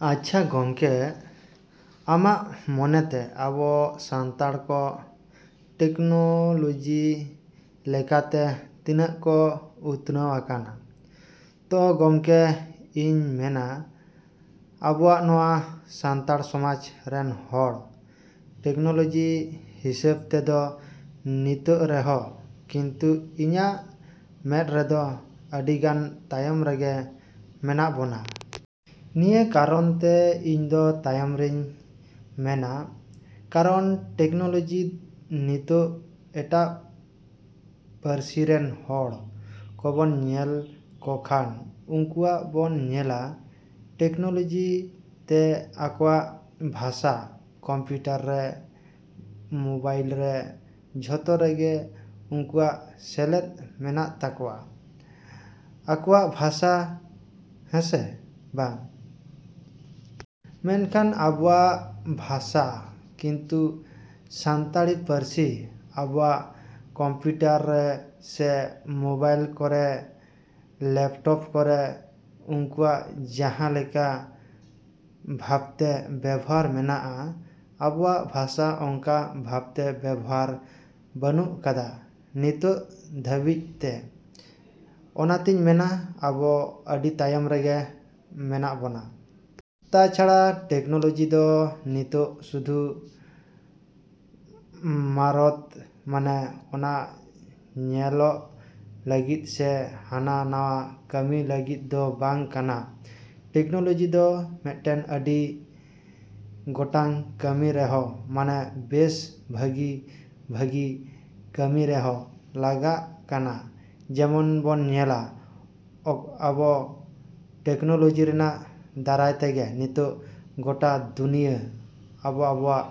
‎ᱟᱪᱪᱷᱟ ᱜᱚᱢᱠᱮ, ᱟᱢᱟᱜ ᱢᱚᱱᱮᱛᱮ ᱟᱵᱚ ᱥᱟᱱᱛᱟᱲ ᱠᱚ ᱴᱮᱠᱱᱳᱞᱚᱡᱤ ᱞᱮᱠᱟᱛᱮ ᱛᱤᱱᱟᱹᱜ ᱠᱚ ᱩᱛᱱᱟᱹᱣ ᱟᱠᱟᱱᱟ? ᱛᱳ ᱜᱚᱢᱠᱮ, ᱤᱧ ᱢᱮᱱᱟ ᱟᱵᱚᱣᱟᱜ ᱱᱚᱣᱟ ᱥᱟᱱᱛᱟᱲ ᱥᱚᱢᱟᱡᱽ ᱨᱮᱱ ᱦᱚᱲ ᱴᱮᱠᱱᱳᱞᱚᱡᱤ ᱦᱤᱥᱟᱹᱵ ᱛᱮᱫᱚ ᱱᱤᱛᱚᱜ ᱨᱮᱦᱚᱸ ᱠᱤᱱᱛᱩ ᱤᱧᱟᱹᱜ ᱢᱮᱫ ᱨᱮᱫᱚ ᱟᱹᱰᱤᱜᱟᱱ ᱛᱟᱭᱚᱢ ᱨᱮᱜᱮ ᱢᱮᱱᱟᱜ ᱵᱚᱱᱟ᱾ ᱱᱤᱭᱟᱹ ᱠᱟᱨᱚᱱᱛᱮ ᱤᱧᱫᱚ ᱛᱟᱭᱚᱢ ᱨᱤᱧ ᱢᱮᱱᱟ ᱠᱟᱨᱚᱱ ᱴᱮᱠᱱᱳᱞᱚᱡᱤ ᱱᱤᱛᱚᱜ ᱮᱴᱟᱜ ᱯᱟᱹᱨᱥᱤ ᱨᱮᱱ ᱦᱚᱲ ᱠᱚᱵᱚᱱ ᱧᱮᱞ ᱠᱚᱠᱷᱟᱱ ᱩᱱᱠᱩᱣᱟᱜ ᱵᱚᱱ ᱧᱮᱞᱟ ᱴᱮᱠᱱᱳᱞᱚᱡᱤ ᱛᱮ ᱟᱠᱚᱣᱟᱜ ᱵᱷᱟᱥᱟ ᱠᱚᱢᱯᱤᱭᱩᱴᱟᱨ ᱨᱮ, ᱢᱳᱵᱟᱭᱤᱞ ᱨᱮ, ᱡᱚᱛᱚ ᱨᱮᱜᱮ ᱩᱱᱠᱩᱣᱟᱜ ᱥᱮᱞᱮᱫ ᱢᱮᱱᱟᱜ ᱛᱟᱠᱚᱣᱟ, ᱟᱠᱚᱣᱟᱜ ᱵᱷᱟᱥᱟ ᱦᱮᱸᱥᱮ ᱵᱟᱝ? ᱢᱮᱱᱠᱷᱟᱱ ᱟᱵᱚᱣᱟᱜ ᱵᱷᱟᱥᱟ ᱠᱤᱱᱛᱩ ᱥᱟᱱᱛᱟᱲᱤ ᱯᱟᱹᱨᱥᱤ ᱟᱵᱚᱣᱟᱜ ᱠᱚᱢᱯᱤᱭᱩᱴᱟᱨ ᱨᱮ ᱥᱮ ᱢᱳᱵᱟᱭᱤᱞ ᱠᱚᱨᱮ, ᱞᱮᱯᱴᱚᱯ ᱠᱚᱨᱮ ᱩᱱᱠᱩᱣᱟᱜ ᱡᱟᱦᱟᱸ ᱞᱮᱠᱟ ᱵᱷᱟᱵᱽᱛᱮ ᱵᱮᱵᱚᱦᱟᱨ ᱢᱮᱱᱟᱜᱼᱟ, ᱟᱵᱚᱣᱟᱜ ᱵᱷᱟᱥᱟ ᱚᱱᱠᱟ ᱵᱷᱟᱵᱽᱛᱮ ᱵᱮᱵᱚᱦᱟᱨ ᱵᱟ.ᱱᱩᱜ ᱠᱟᱫᱟ ᱱᱤᱛᱚᱜ ᱫᱷᱟᱹᱵᱤᱡᱛᱮ᱾ ᱚᱱᱟᱛᱤᱧ ᱢᱮᱱᱟ ᱟᱵᱚ ᱟᱹᱰᱤ ᱛᱟᱭᱚᱢ ᱨᱮᱜᱮ ᱢᱮᱱᱟᱜ ᱵᱚᱱᱟ᱾ ᱛᱟᱪᱷᱟᱲᱟ ᱴᱮᱠᱱᱚᱞᱚᱡᱤ ᱫᱚ ᱱᱤᱛᱚᱜ ᱥᱩᱫᱷᱩ ᱢᱟᱛᱨᱚ ᱢᱟᱱᱮ ᱚᱱᱟ ᱧᱮᱞᱚᱜ ᱞᱟᱹᱜᱤᱫ ᱥᱮ ᱦᱟᱱᱟ ᱱᱚᱣᱟ ᱠᱟᱹᱢᱤ ᱞᱟᱹᱜᱤᱫ ᱫᱚ ᱵᱟᱝ ᱠᱟᱱᱟ᱾ ᱴᱮᱠᱱᱳᱞᱚᱡᱤ ᱫᱚ ᱢᱤᱫᱴᱮᱡ ᱟᱹᱰᱤ ᱜᱚᱴᱟᱝ ᱠᱟᱹᱢᱤ ᱨᱮᱦᱚᱸ ᱢᱟᱱᱮ ᱵᱮᱥ ᱵᱷᱟᱹᱜᱤᱼᱵᱷᱟᱹᱜᱤ ᱠᱟᱹᱢᱤ ᱨᱮᱦᱚᱸ ᱞᱟᱜᱟᱜ ᱠᱟᱱᱟ᱾ ᱡᱮᱢᱚᱱ ᱵᱚᱱ ᱧᱮᱞᱟ ᱟᱵᱚ ᱴᱮᱠᱱᱳᱞᱚᱡᱤ ᱨᱮᱱᱟᱜ ᱫᱟᱨᱟᱭ ᱛᱮᱜᱮ ᱱᱤᱛᱚᱜ ᱜᱚᱴᱟ ᱫᱩᱱᱤᱭᱟᱹ ᱟᱵᱚ ᱟᱵᱚᱣᱟᱜ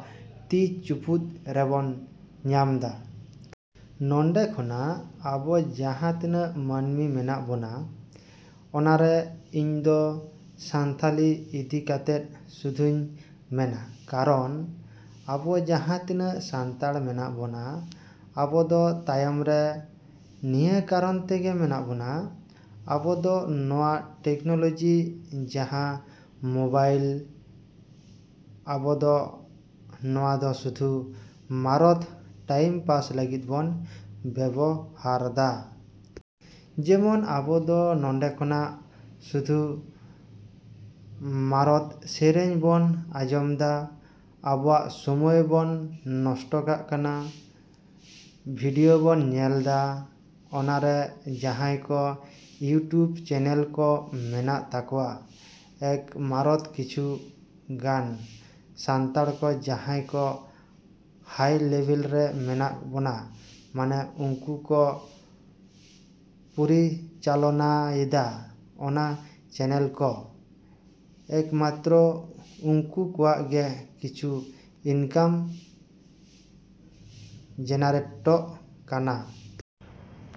ᱛᱤ ᱪᱩᱯᱩᱫ ᱨᱮᱵᱚᱱ ᱧᱟᱢᱫᱟ᱾ ᱱᱚᱸᱰᱮ ᱠᱷᱚᱱᱟᱜ ᱟᱵᱚ ᱡᱟᱦᱟᱸ ᱛᱤᱱᱟᱹᱜ ᱢᱟᱹᱱᱢᱤ ᱢᱮᱱᱟᱜ ᱵᱚᱱᱟ, ᱚᱱᱟᱨᱮ ᱤᱧᱫᱚ ᱥᱟᱱᱛᱟᱲᱤ ᱤᱫᱤ ᱠᱟᱛᱮᱫ ᱥᱩᱫᱷᱩᱧ ᱢᱮᱱᱟ ᱠᱟᱨᱚᱱ ᱟᱵᱚ ᱡᱟᱦᱟᱸ ᱛᱤᱱᱟᱹᱜ ᱥᱟᱱᱛᱟᱲ ᱢᱮᱱᱟᱜ ᱵᱚᱱᱟ, ᱟᱵᱚ ᱫᱚ ᱛᱟᱭᱚᱢ ᱨᱮ ᱱᱤᱭᱟᱹ ᱠᱟᱨᱚᱱ ᱛᱮᱜᱮ ᱢᱮᱱᱟᱜ ᱵᱚᱱᱟ ,ᱟᱵᱚᱫᱚ ᱱᱚᱣᱟ ᱴᱮᱠᱱᱳᱞᱚᱡᱤ ᱡᱟᱦᱟᱸ ᱢᱳᱵᱟᱭᱤᱞ, ᱟᱵᱚᱫᱚ ᱱᱚᱣᱟᱫᱚ ᱥᱩᱫᱷᱩ ᱢᱟᱛᱨᱚ ᱴᱟᱭᱤᱢ ᱯᱟᱥ ᱞᱟᱹᱜᱤᱫ ᱵᱚᱱ ᱵᱮᱵᱚᱦᱟᱨᱫᱟ᱾ ᱡᱮᱢᱚᱱ ᱟᱵᱚᱫᱚ ᱱᱚᱸᱰᱮ ᱠᱷᱚᱱᱟᱜ ᱥᱩᱫᱷᱩ ᱢᱟᱛᱨᱚ ᱥᱮᱨᱮᱧ ᱵᱚᱱ ᱟᱸᱡᱚᱢᱫᱟ, ᱟᱵᱚᱣᱟᱜ ᱥᱚᱢᱚᱭ ᱵᱚᱱ ᱱᱚᱥᱴᱚ ᱠᱟᱜ ᱠᱟᱱᱟ, ᱵᱷᱤᱰᱭᱳ ᱵᱚᱱ ᱧᱮᱞᱫᱟ᱾ ᱚᱱᱟᱨᱮ ᱡᱟᱦᱟᱸᱭ ᱠᱚ ᱤᱭᱩᱴᱩᱵᱽ ᱪᱮᱱᱮᱞ ᱠᱚ ᱢᱮᱱᱟᱜ ᱛᱟᱠᱚᱣᱟ, ᱮᱠ ᱢᱟᱛᱨᱚ ᱠᱤᱪᱷᱩ ᱜᱟᱱ ᱥᱟᱱᱛᱟᱲ ᱠᱚ ᱡᱟᱦᱟᱸᱭ ᱠᱚ ᱦᱟᱭ ᱞᱮᱵᱮᱞ ᱨᱮ ᱢᱮᱱᱟᱜ ᱵᱚᱱᱟ, ᱢᱟᱱᱮ ᱩᱱᱠᱩ ᱠᱚ ᱯᱚᱨᱤᱪᱟᱞᱚᱱᱟᱭᱫᱟ ᱚᱱᱟ ᱪᱮᱱᱮᱞ ᱠᱚ, ᱮᱠᱢᱟᱛᱨᱚ ᱩᱱᱠᱩ ᱠᱚᱣᱟᱜ ᱜᱮ ᱠᱤᱪᱷᱩ ᱤᱱᱠᱟᱢ ᱡᱮᱱᱟᱨᱮᱴᱚᱜ ᱠᱟᱱᱟ᱾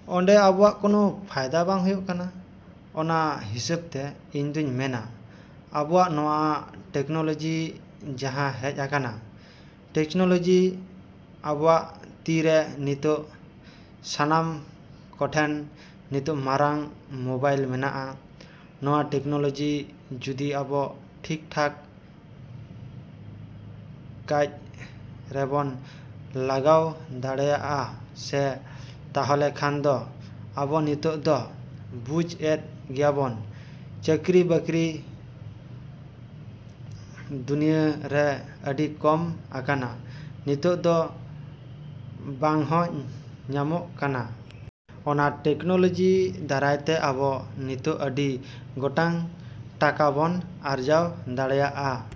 ᱚᱸᱰᱮ ᱟᱵᱚᱣᱟᱜ ᱠᱳᱱᱳ ᱯᱷᱟᱭᱫᱟ ᱵᱟᱝ ᱦᱩᱭᱩᱜ ᱠᱟᱱᱟ᱾ ᱚᱱᱟ ᱦᱤᱥᱟᱹᱵᱛᱮ ᱤᱧᱫᱩᱧ ᱢᱮᱱᱟ ᱟᱵᱚᱣᱟᱜ ᱱᱚᱣᱟ ᱴᱮᱠᱱᱳᱞᱚᱡᱤ ᱡᱟᱦᱟᱸ ᱦᱮᱡ ᱟᱠᱟᱱᱟ, ᱴᱮᱠᱱᱳᱞᱚᱡᱤ ᱟᱵᱚᱣᱟᱜ ᱛᱤ ᱨᱮ ᱱᱤᱛᱚᱜ ᱥᱟᱱᱟᱢ ᱠᱚᱴᱷᱮᱱ ᱱᱤᱛᱚᱜ ᱢᱟᱨᱟᱝ ᱢᱳᱵᱟᱭᱤᱞ ᱢᱮᱱᱟᱜᱼᱟ᱾ ᱱᱚᱣᱟ ᱴᱮᱠᱱᱳᱞᱚᱡᱤ ᱡᱩᱫᱤ ᱟᱵᱚ ᱴᱷᱤᱠ ᱴᱷᱟᱠ ᱠᱟᱡᱽ ᱨᱮᱵᱚᱱ ᱞᱟᱜᱟᱣ ᱫᱟᱲᱮᱭᱟᱜᱼᱟ ᱥᱮ, ᱛᱟᱦᱞᱮ ᱠᱷᱟᱱ ᱫᱚ ᱟᱵᱚ ᱱᱤᱛᱚᱜ ᱫᱚ ᱵᱩᱡᱽ ᱮᱫ ᱜᱮᱭᱟᱵᱚᱱ ᱪᱟᱹᱠᱨᱤ ᱵᱟᱹᱠᱨᱤ ᱫᱩᱱᱭᱟᱹᱨᱮ ᱟᱹᱰᱤ ᱠᱚᱢ ᱟᱠᱟᱱᱟ, ᱱᱤᱛᱚᱜ ᱫᱚ ᱵᱟᱝᱦᱚᱸ ᱧᱟᱢᱚᱜ ᱠᱟᱱᱟ᱾ ᱚᱱᱟ ᱴᱮᱠᱱᱳᱞᱚᱡᱤ ᱫᱟᱨᱟᱭᱛᱮ ᱟᱵᱚ ᱱᱤᱛᱚᱜ ᱟᱹᱰᱤ ᱜᱚᱴᱟᱝ ᱴᱟᱠᱟ ᱵᱚᱱ ᱟᱨᱡᱟᱣ ᱫᱟᱲᱮᱭᱟᱜ ᱼ ᱟ᱾